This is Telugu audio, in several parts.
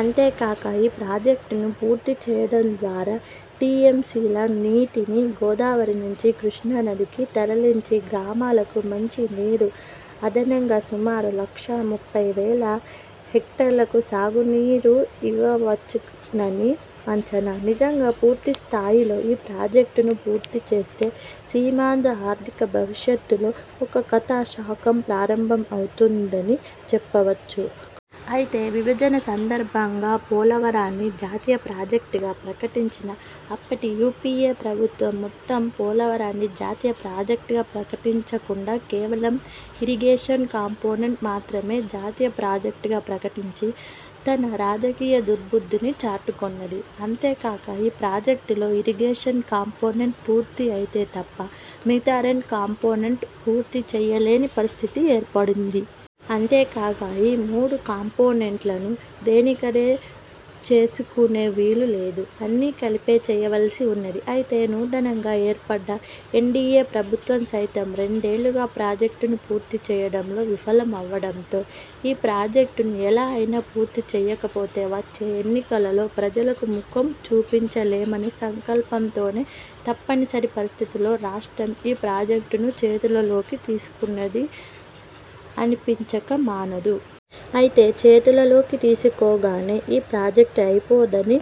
అంతే కాక ఈ ప్రాజెక్ట్ ను పూర్తి చేయడం ద్వారా టీఎంసీ ల నీటిని గోదావరి నుంచి కృష్ణా నదికి తరలించి గ్రామాలకు మంచి నీరు, అదనంగా సుమారు లక్షా ముప్పైవేల హెక్టార్లకు సాగు నీరు ఇవ్వవచ్చునని అంచనా. నిజంగా పూర్తి స్థాయిలో ఈ ప్రాజెక్ట్ ను పూర్తి చేస్తే సీమాంధ్ర ఆర్ధిక భవిష్యత్తు లో ఒక కొత్త శకం ప్రారంభం అవుతుందని చెప్పవచ్చు. అయితే విభజన సందర్భంగా పోలవరాన్ని జాతీయ ప్రాజెక్ట్ గా ప్రకటించిన అప్పటి యూపీఏ ప్రభుత్వం మొత్తం పోలవరాన్ని జాతీయ ప్రాజెక్ట్ గా ప్రకటించకుండా కేవలం ఇరిగేషన్ కంపోనెంట్ మాత్రమే జాతీయ ప్రాజెక్ట్ గా ప్రకటించి తన రాజకీయ దుర్భుద్ధిని చాటుకొన్నది. అంతే కాక ఈ ప్రాజెక్టులో ఇరిగేషన్ కంపోనెంట్ పూర్తి అయితే తప్ప, మిగతా రెండు కంపోనెంట్ పూర్తి చేయలేని పరిస్థితి ఏర్పడింది. అంతే కాక ఈ మూడు కంపోనెంట్ లను దేనికదే చేసుకొనే వీలు లేదు. అన్ని కలిపే చేయవలసి ఉన్నది. అయితే నూతనంగా ఏర్పడ్డ ఎన్డీయే ప్రభుత్వం సైతం రెండేళ్లుగా ప్రాజెక్ట్ ను పూర్తి చేయడం లో విఫలం అవ్వడంతో, ఈ ప్రాజెక్ట్ ను ఎలా అయినా పూర్తి చేయకపోతే వచ్చే ఎన్నికలలో ప్రజలకు ముఖం చూపించలేమనే సంకల్పం తోనే తప్పనిసరి పరిస్థితిలో రాష్ట్రం ఈ ప్రాజెక్ట్ ను చేతులలోకి తీసుకున్నది అనిపించక మానదు. అయితే చేతులలోకి తీసుకోగానే, ఈ ప్రాజెక్ట్ అయిపోతుందని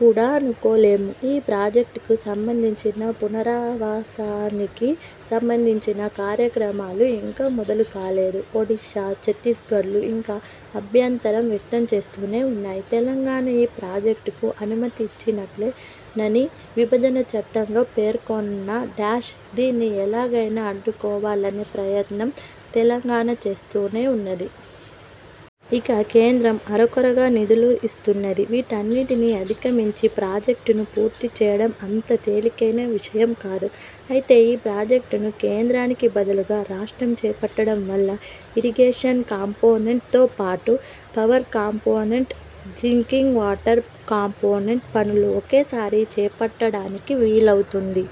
కూడా అనుకోలేము. ఈ ప్రాజెక్ట్ కు సంబంధించి పునరావాసానికి సంబంధిచిన కార్యక్రమాలు ఇంకా మొదలు కాలేదు. ఒడిశా, ఛత్తీస్గఢ్లు ఇంకా అభ్యంతరం వ్యక్తం చేస్తూనే ఉన్నాయి. తెలంగాణ ఈ ప్రాజెక్ట్ కు అనుమతి ఇచ్చినట్లే నని, విభజన చట్టంలో పేర్కొన్నా- దీన్ని ఎలాగైనా అడ్డుకోవాలనే ప్రయత్నం తెలంగాణ చేస్తూనే ఉన్నది. ఇక కేంద్రం అరకొరగా నిధులు ఇస్తున్నది. వీటన్నిటినీ అధిగమించి ప్రాజెక్ట్ ను పూర్తి చేయడం అంత తేలికయిన విషయం కాదు. అయితే ఈ ప్రాజెక్ట్ ను కేంద్రానికి బదులు గా రాష్ట్రం చేపట్టడం వల్ల ఇరిగేషన్ కంపోనెంట్ తో పాటు, power component, drinking water component పనులు ఒకేసారి చేపట్టడానికి వీలు అవుతుంది.